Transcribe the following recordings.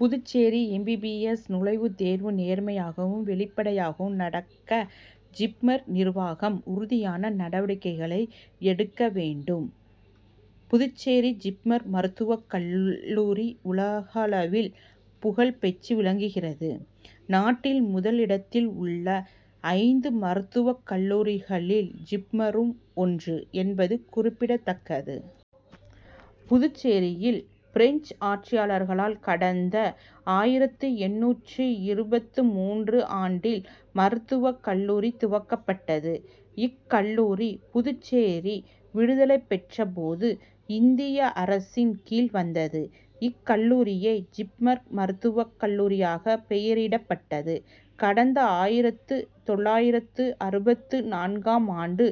Puducherry M. B. B. S. நுழைவுத் தேர்வு நேர்மையாகவும் வெளிப் படையாகவும் நடக்க ஜிப்மர் நிர்வாகம் உறுதியான நடவடிக்கைகளை எடுக்க வேண்டும். புதுச்சேரி ஜிப்மர் மருத்துவக் கல்லூரி உலகளவில் புகழ் பெற்று விளங்குகிறது. நாட்டில் முதலிடத்தில் உள்ள ஐந்து மருத்துவக் கல்லூரிகளில் ஜிப்மரும் ஒன்று என்பது குறிப்பிடத்தக்கது. புதுச்சேரியில் பிரெஞ்சு ஆட்சியாளர்களால் கடந்த ஆயிரத்து எண்ணூற்று இருபத்து மூன்றாம் ஆண்டில் மருத்துவக் கல்லூரி துவக்கப்பட்டது. இக்கல்லூரி புதுச்சேரி விடுதலைப் பெற்ற போது இந்திய அரசின் கீழ் வந்தது. இக் கல்லூரியே ஜிப்மர் மருத்துவக் கல்லூரியாக பெயரிடப்பட்டு கடந்த ஆயிரத்து தொள்ளாயிரத்து அறுபத்து நான்காம் ஆண்டு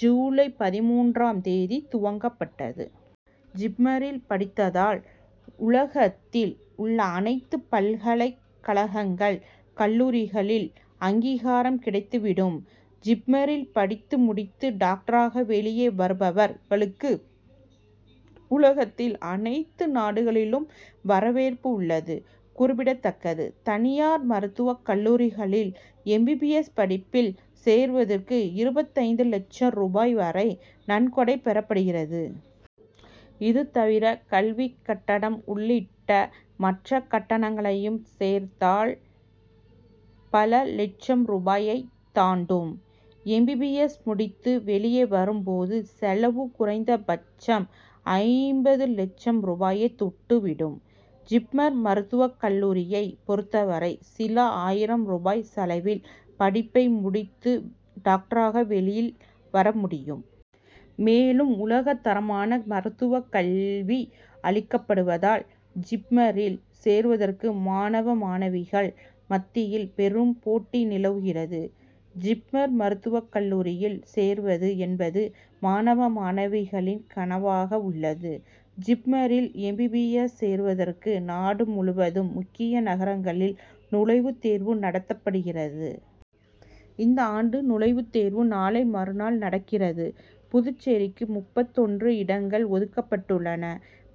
ஜூலை பதின்மூன்றாம் தேதி துவக்கப்பட்டது. ஜிப்மரில் படித்தால் உலகத்தில் உள்ள அனைத்து பல்கலைக் கழகங்கள் கல்லூரிகளில் அங்கீகாரம் கிடைத்துவிடும். ஜிப்மரில் படித்து முடித்து டாக்டராக வெளியே வருபவர் களுக்கு உலகத்தின் அனைத்து நாடுகளிலும் வரவேற்பு உள் ளது குறிப்பிடத்தக்கது. தனியார் மருத்துவக் கல்லூரிகளில் எம். பி. பி. எஸ். படிப்பில் சேருவதற்கு இருபத்தைந்து லட்சம் ரூபாய் வரை நன்கொடை பெறப்படுகிறது. இதுதவிர கல்விக் கட்டணம் உள்ளிட்ட மற்ற கட்டணங்களையும் சேர்த் தால் பல லட்சம் ரூபாயை தாண் டும். எம். பி. பி. எஸ். முடித்து வெளியில் வரும்போது செலவு குறைந்தபட்சம் ஐம்பது லட்சம் ரூபாயை தொட்டுவிடும். ஜிப்மர் மருத்துவக் கல்லூரியை பொருத்தவரை சில ஆயிரம் ரூபாய் செலவில் படிப்பை முடித்து டாக்டராக வெளியில் வர முடியும். மேலும் உலகத் தரமான மருத்துவக் கல்வி அளிக்கப்படுவதால் ஜிப்மரில் சேருவதற்கு மாணவ மாணவிகள் மத்தியில் பெரும் போட்டி நிலவுகிறது. ஜிப்மர் மருத்துவக் கல்லூரியில் சேருவது என்பது மாணவ மாணவிகளின் கனவாக உள்ளது. ஜிப்மரில் எம். பி. பி. எஸ். சேருவதற்கு நாடு முழுவதும் முக்கிய நகரங்களில் நுழைவுத் தேர்வு நடத் தப்படுகிறது. இந்தாண்டு நுழைவுத் தேர்வு நாளை மறுநாள் நடக்கிறது. புதுச்சேரிக்கு முப்பத்து ஒன்று இடங்கள் ஒதுக்கப்பட்டுள்ளன.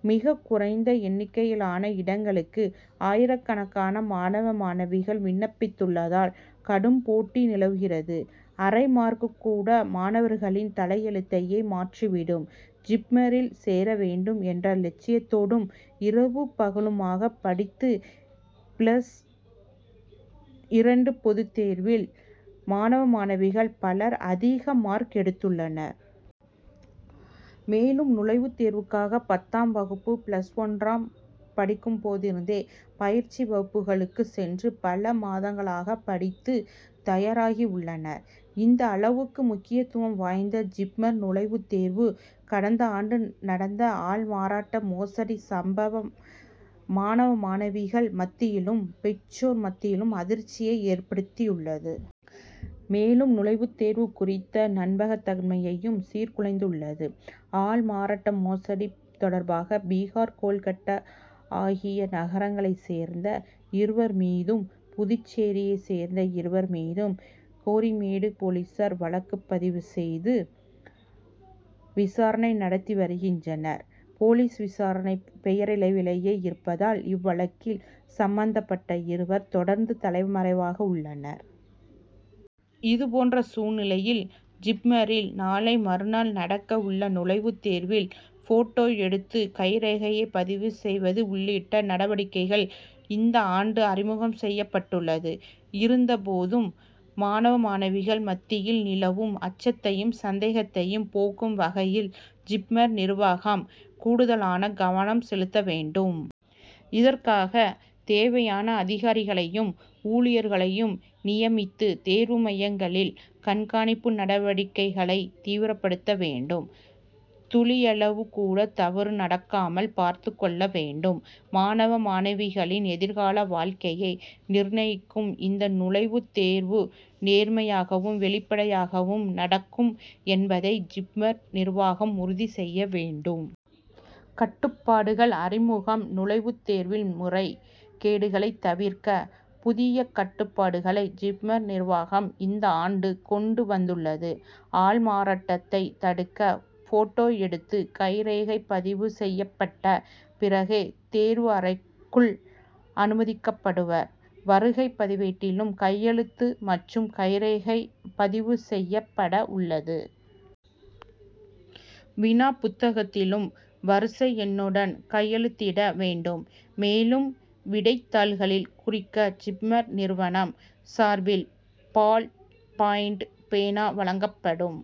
மிகக் குறைந்த எண்ணிக்கையிலான இடங்களுக்கு ஆயிரக்கணக்கான மாணவ மாணவிகள் விண்ணப்பித்துள்ளதால் கடும் போட்டி நிலவுகிறது. அரை மார்க்கூட மாணவர்களின் தலையெழுத்தையே மாற்றிவிடும். ஜிப்மரில் சேர வேண்டும் என்ற லட்சியத்தோடும் இரவும் பகலுமாக படித்து பிளஸ் இரண்டு பொதுத் தேர்வில் மாணவ மாணவிகள் பலர் அதிக மார்க் எடுத்துள்ளனர். மேலும் நுழைவுத் தேர்வுக்காக பத்தாம் வகுப்பு பிளஸ் ஒன்றாம் படிக்கும்போதிருந்தே பயிற்சி வகுப்புகளுக்கு சென்று பல மாதங்களாக படித்து தயாராகி உள்ளனர். இந்தளவுக்கு முக்கியத்துவம் வாய்ந்த ஜிப்மர் நுழைவுத் தேர்வில் கடந்தாண்டு நடந்த ஆள் மாறாட்ட மோசடி சம்பவம் மாணவ மாணவிகள் மத்தியிலும் பெற்றோர் மத்தியிலும் அதிர்ச்சியை ஏற்படுத்தியுள் ளது. மேலும் நுழைவுத் தேர்வு குறித்த நம்பகத்தன்மையையும் சீர்குலைத்துள்ளது. ஆள் மாறாட்ட மோசடி தொடர்பாக பீகார் கோல் கட்டா ஆகிய நகரங்களை சேர்ந்த இருவர் மீதும் புதுச்சேரியை சேர்ந்த இருவர் மீதும் கோரிமேடு போலீசார் வழக்கு பதிவு செய்து விசாரணை நடத்தி வருகின்றனர். போலீஸ் விசாரணை பெயரளவிலேயே இருப்பதால் இவ்வழக்கில் சம்பந்தப்பட்ட இருவர் தொடர்ந்து தலைமறைவாக உள்ளனர். இதுபோன்ற சூழ்நிலையில் ஜிப்மரில் நாளை மறுநாள் நடக்க உள்ள நுழைவுத் தேர்வில் போட்டோ எடுத்து கைரேகையை பதிவு செய்வது உள்ளிட்ட நடவடிக்கைகள் இந்தாண்டு அறிமுகம் செய்யப் பட்டுள்ளது. இருந்தபோதும் மாணவ மாணவிகள் மத்தியில் நிலவும் அச்சத்தையும் சந்தேகத்தையும் போக்கும் வகையில் ஜிப்மர் நிர்வாகம் கூடுதலான கவனம் செலுத்த வேண்டும். இதற்காக தேவையான அதிகாரிகளையும் ஊழியர்களையும் நியமித்து தேர்வு மையங்களில் கண்காணிப்பு நடவடிக் கைகளை தீவிரப்படுத்த வேண்டும். துளியளவுகூட தவறு நடக்காமல் பார்த்துக் கொள்ள வேண்டும். மாணவ மாணவிகளின் எதிர்கால வாழ்க்கையை நிர்ணயிக்கும் இந்த நுழைவுத் தேர்வு நேர்மையாகவும் வெளிப்படையாகவும் நடக்கும் என்பதை ஜிப்மர் நிர்வாகம் உறுதி செய்ய வேண்டும். கட்டுப்பாடுகள் அறிமுகம் நுழைவுத் தேர்வில் முறை கேடுகளை தவிர்க்க புதிய கட்டுப்பாடுகளை ஜிப்மர் நிர்வாகம் இந்தாண்டு கொண்டு வந்துள்ளது. ஆள் மாறாட்டத்தை தடுக்க போட்டோ எடுத்து கைரேகை பதிவு செய்யப் பட்ட பிறகே தேர்வு அறைக் குள் அனுமதிக்கப்படுவர். வருகை பதிவேட்டிலும் கையெழுத்து மற்றும் கைரேகை பதிவு செய்யப் பட உள்ளது. வினா புத்தகத்திலும் வரிசை எண்ணுடன் கையெழுத்திட வேண்டும். மேலும் விடைத் தாள்களில் குறிக்க ஜிப்மர் நிறுவனம் சார்பில் பால் பாயின்ட் பேனா வழங்கப்படும்.